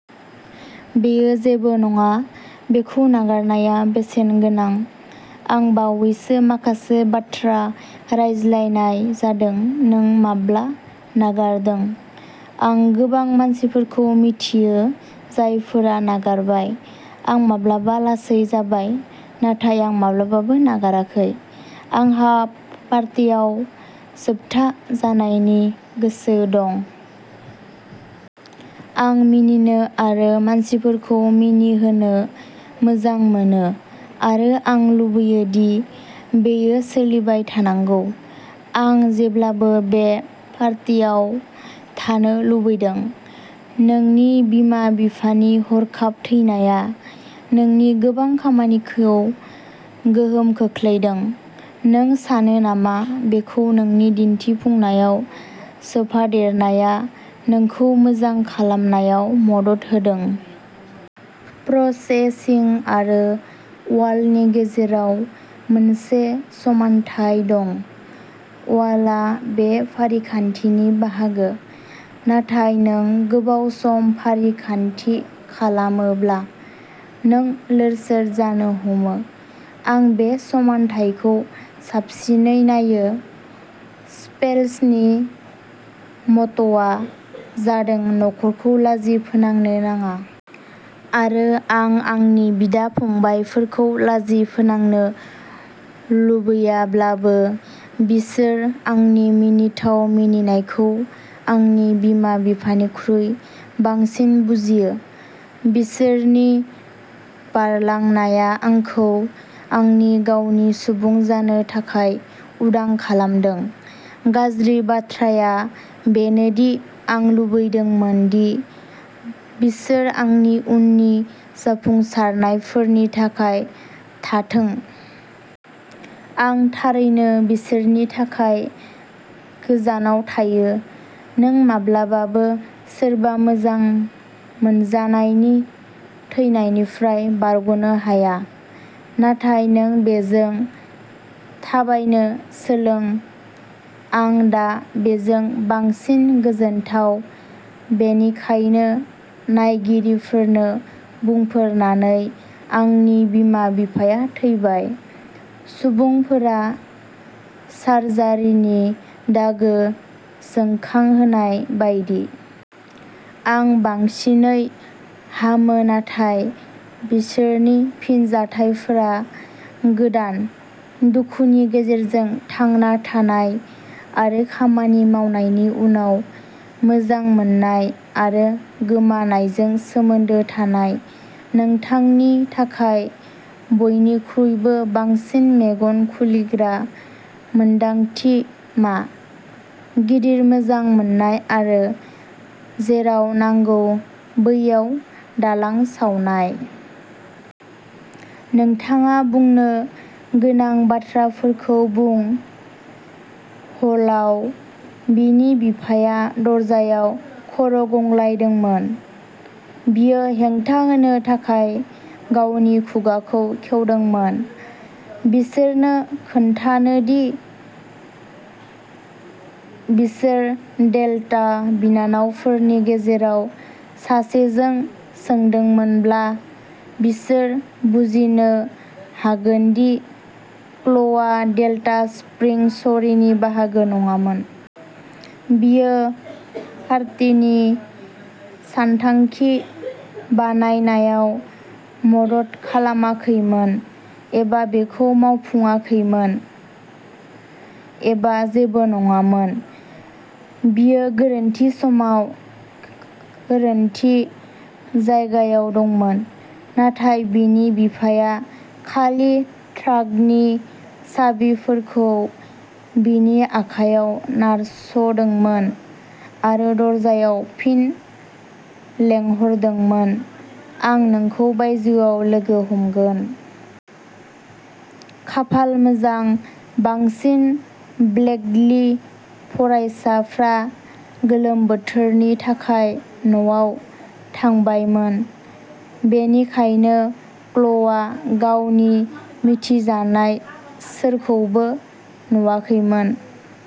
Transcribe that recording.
बेयो जेबो नङा। बेखौ नागारनाया बेसेनगोनां। आं बावैसो माखासे बाथ्रा रायज्लायनाय जादों, "नों माब्ला नागारदों? " आं गोबां मानसिफोरखौ मिथियो जायफोरा नागारबाय। आं माब्लाबा लासै जाबाय, नाथाय आं माब्लाबाबो नागाराखै। आंहा पार्टियाव जोबथा जानायनि गोसो दं। आं मिनिनो आरो मानसिफोरखौ मिनिहोनो मोजां मोनो, आरो आं लुबैयो दि बेयो सोलिबाय थानांगौ। आं जेब्लाबो बे पार्टियाव थानो लुबैदों। नोंनि बिमा-बिफानि हरखाब थैनाया नोंनि गोबां खामानिखौ गोहोम खोख्लैदों। नों सानो नामा बेखौ नोंनि दिन्थिफुंनायाव सोफादेरनाया नोंखौ मोजां खालामनायाव मदद होदों? प्रसेसिं आरो वाल'नि गेजेराव मोनसे समानथाय दं। वाल'आ बे फारिखान्थिनि बाहागो, नाथाय नों गोबाव सम फारिखान्थि खालामोब्ला, नों लोरसोर जानो हमो। आं बे समानथायखौ साबसिनै नायो। स्पेल्सनि म'ट'आ जादों "न'खरखौ लाजि फोनांनो नाङा। " आरो आं आंनि बिदा-फंबायफोरखौ लाजि फोनांनो लुबैयाब्लाबो, बिसोर आंनि मिनिथाव मिनिनायखौ आंनि बिमा-बिफानिख्रुइ बांसिन बुजियो। बिसोरनि बारलांनाया आंखौ आंनि गावनि सुबुं जानो थाखाय उदां खालामदों। गाज्रि बाथ्राया बेनो दि आं लुबैदोंमोन दि बिसोर आंनि उननि जाफुंसारनायफोरनि थाखाय थाथों। आं थारैनो बिसोरनि थाखाय गोजानाव थायो। नों माब्लाबाबो सोरबा मोजां मोनजानायनि थैनायनिफ्राय बारग'नो हाया, नाथाय नों बेजों थाबायनो सोलों। आं दा बेजों बांसिन गोजोनथाव, बेनिखायनो नायगिरिफोरनो बुंफोरनानै, "आंनि बिमा-बिफाया थैबाय", सुबुंफोरा सार्जारिनि दागोखौ जोंखांहोनाय बायदि। आं बांसिनै हामो नाथाय बिसोरनि फिनजाथायफोरा गोदान। दुखुनि गेजेरजों थांना थानाय आरो खामानि मावनायनि उनाव, मोजां मोननाय आरो गोमानायजों सोमोन्दो थानाय नोंथांनि थाखाय बयनिख्रुइबो बांसिन मेगन खुलिग्रा मोनदांथि मा? गिदिर मोजां मोन्नाय आरो जेराव नांगौ बैयाव दालां सावनाय। नोंथाङा बुंनो गोनां बाथ्राफोरखौ बुं। हलआव? बिनि बिफाया दरजायाव खर'गंग्लायदोंमोन। बियो हेंथा होनो थाखाय गावनि खुगाखौ खेवदोंमोन, बिसोरनो खोन्थानो दि बिसोर डेल्टा बिनानावफोरनि गेजेराव सासेजों सोंदोंमोनब्ला, बिसोर बुजिनो हागोन दि क्ल'या डेल्टा स्प्रिं स'रीनि बाहागो नङामोन। बियो पार्टिनि सानथांखि बानायनायाव मदद खालामाखैमोन एबा बेखौ मावफुङाखैमोन एबा जेबो नङामोन। बियो गोरोन्थि समाव गोरोन्थि जायगायाव दंमोन। नाथाय बिनि बिफाया खालि ट्राकनि साबिफोरखौ बिनि आखायाव नारस'दोंमोन आरो दरजायाव फिन लेंहरदोंमोन। आं नोंखौ बायजोआव लोगो हमगोन। खाफाल मोजां, बांसिन ब्लेकली फरायसाफ्रा गोलोम बोथोरनि थाखाय न'आव थांबायमोन, बेनिखायनो क्ल'आ गावनि मिथिजानाय सोरखौबो नुवाखैमोन।